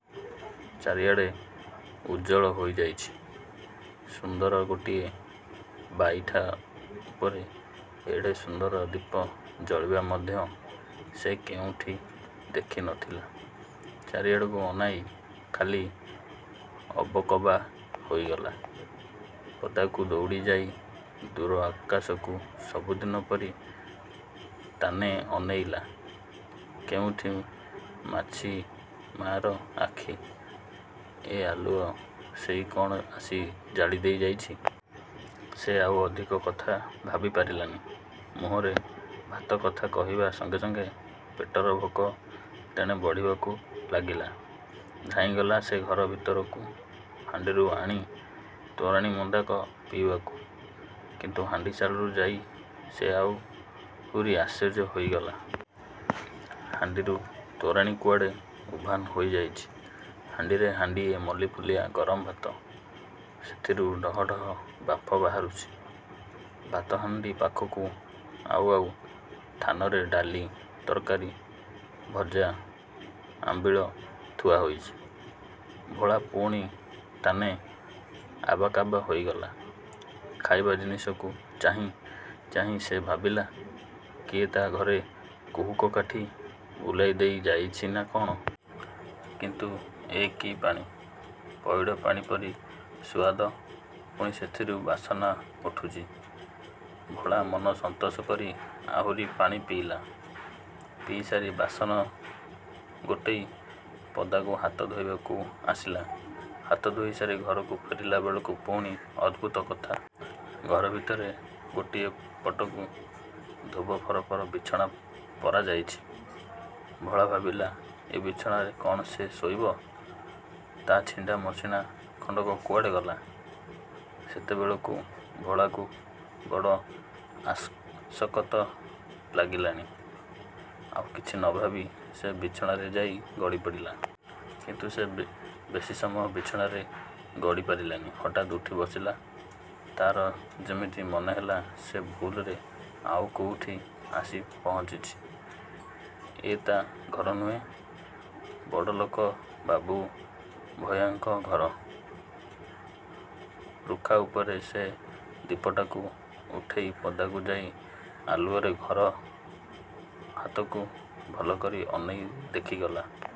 ଚାରିଆଡ଼େ ଉଜ୍ଜ୍ଵଳ ହେଇଯାଇଚି। ସୁନ୍ଦର ଗୋଟିଏ ବାଇଠା ଉପରେ ଏଡ଼େ ସୁନ୍ଦର ଦୀପ ଜଳିବା ମଧ୍ୟ ସେ କୋଉଠି ଦେଖି ନଥିଲା। ଚାରିଆଡ଼କୁ ଅନେଇ ଖାଲି ଅବକବା ହୋଇଗଲା ପଦାକୁ ଦୋଉଡ଼ି ଯାଇ ଦୂର ଆକାଶକୁ ସବୁଦିନ ପରି ତାନେ ଅନେଇଲା। କୋଉଠି ଅଛି ମାର ଆଖି, ଏ ଆଲୁଅ ସେଇ କଣ ଆସି ଜାଳିଦେଇ ଯାଇଚି। ସେ ଆଉ ଅଧିକ କଥା ଭାବି ପାରିଲାନି। ମୁହଁରେ ଭାତ କଥା କହିବା ସଙ୍ଗେ ସଙ୍ଗେ ପେଟର ଭୋକ ତେଣେ ବଢ଼ିଯିବାକୁ ଲାଗିଲା। ଧାଇଁଗଲା ସେ ଘର ଭିତରକୁ ହାଣ୍ଡିରୁ ଆଣି ତୋରାଣି ମୁନ୍ଦାକ ପିଇବାକୁ; କିନ୍ତୁ ହାଣ୍ଡିଶାଳକୁ ଯାଇ ସେ ଆହୁରି ଆଶ୍ଚର୍ଯ୍ୟ ହୋଇଗଲା। ହାଣ୍ଡିରୁ ତୋରାଣି କୁଆଡ଼େ ଉଦ୍ଭାନ ହେଇ ଯାଇଚି। ହାଣ୍ଡିରେ ହାଣ୍ଡିଏ ମଲ୍ଲିଫୁଲିଆ ଗରମ ଭାତ। ସେଥିରୁ ଡହ ଡହ ବାମ୍ଫ ବାହାରୁଚି। ଭାତହାଣ୍ଡି ପାଖକୁ ଆଉ ଆଉ ଥାନରେ ଡାଲି ତରକାରୀ, ଭଜା, ଆମ୍ବିଳ ଥୁଆହେଇଚି। ଭୋଳା ପୁଣି ତାନେ ଆବାକାବା ହୋଇଗଲା। ଖାଇବା ଜିନିଷକୁ ଚାହିଁ ଚାହିଁ ସେ ଭାବିଲା, କିଏ ତା ଘରେ କୁହୁକ କାଠି ବୁଲେଇ ଦେଇ ଯାଇଚି ନା କଣ। କିନ୍ତୁ ଏ କି ପାଣି! ପଇଡ଼ ପାଣି ପରି ସୁଆଦ ପୁଣି ସେଥିରୁ ବାସନା ଉଠୁଚି। ଭୋଳା ମନ ସନ୍ତୋଷ କରି ଆହୁରି ପାଣି ପିଇଲା। ପିଇ ସାରି ବାସନ ଗୋଟେଇ ପଦାକୁ ହାତ ଧୋଇବାକୁ ଆସିଲା। ହାତ ଧୋଇ ସାରି ଘରକୁ ଫେରିଗଲାବେଳକୁ ପୁଣି ଅଭୁତ କଥା। ଘର ଭିତରେ ଗୋଟିଏ ପଟକୁ ଧୋବ ଫରଫର ବିଛଣା ପରା ଯାଇଚି! ଭୋଳା ଭାବିଲା ଏ ବିଛଣାରେ କଣ ସେ ଶୋଇବ! ତା ଛିଣ୍ଡା ମସିଣା ଖଣ୍ଡକ କୁଆଡ଼େ ଗଲା? ସେତେବେଳକୁ ଭୋଳକୁ ବଡ଼ ଆସକତ ଲାଗିଲାଣି। ଆଉ କିଛି ନ ଭାବି ସେ ବିଛଣାରେ ଯାଇ ଗଡ଼ି ପଡ଼ିଲା। କିନ୍ତୁ ସେ ବେଶୀ ସମୟ ବିଛଣାରେ ଗଡ଼ି ପାରିଲାନି। ହଠାତ୍ ଉଠି ବସିଲା। ତାର ଯେମିତି ମନେହେଲା ସେ ଭୁଲରେ ଆଉ କେଉଁଠି ଆସି ପହଞ୍ଚିଛି। ଏ ତା ଘର ନୁହେଁ। ବଡ଼ଲୋକ, ବାବୁଭୟାଙ୍କ ଘର। ରୁଖା ଉପରୁ ସେ ଦୀପଟାକୁ ଉଠେଇ ପଦାକୁ ଯାଇ ଆଲୁଅରେ ଘର ହାତକୁ ଭଲକରି ଅନେଇ ଦେଖିଗଲା।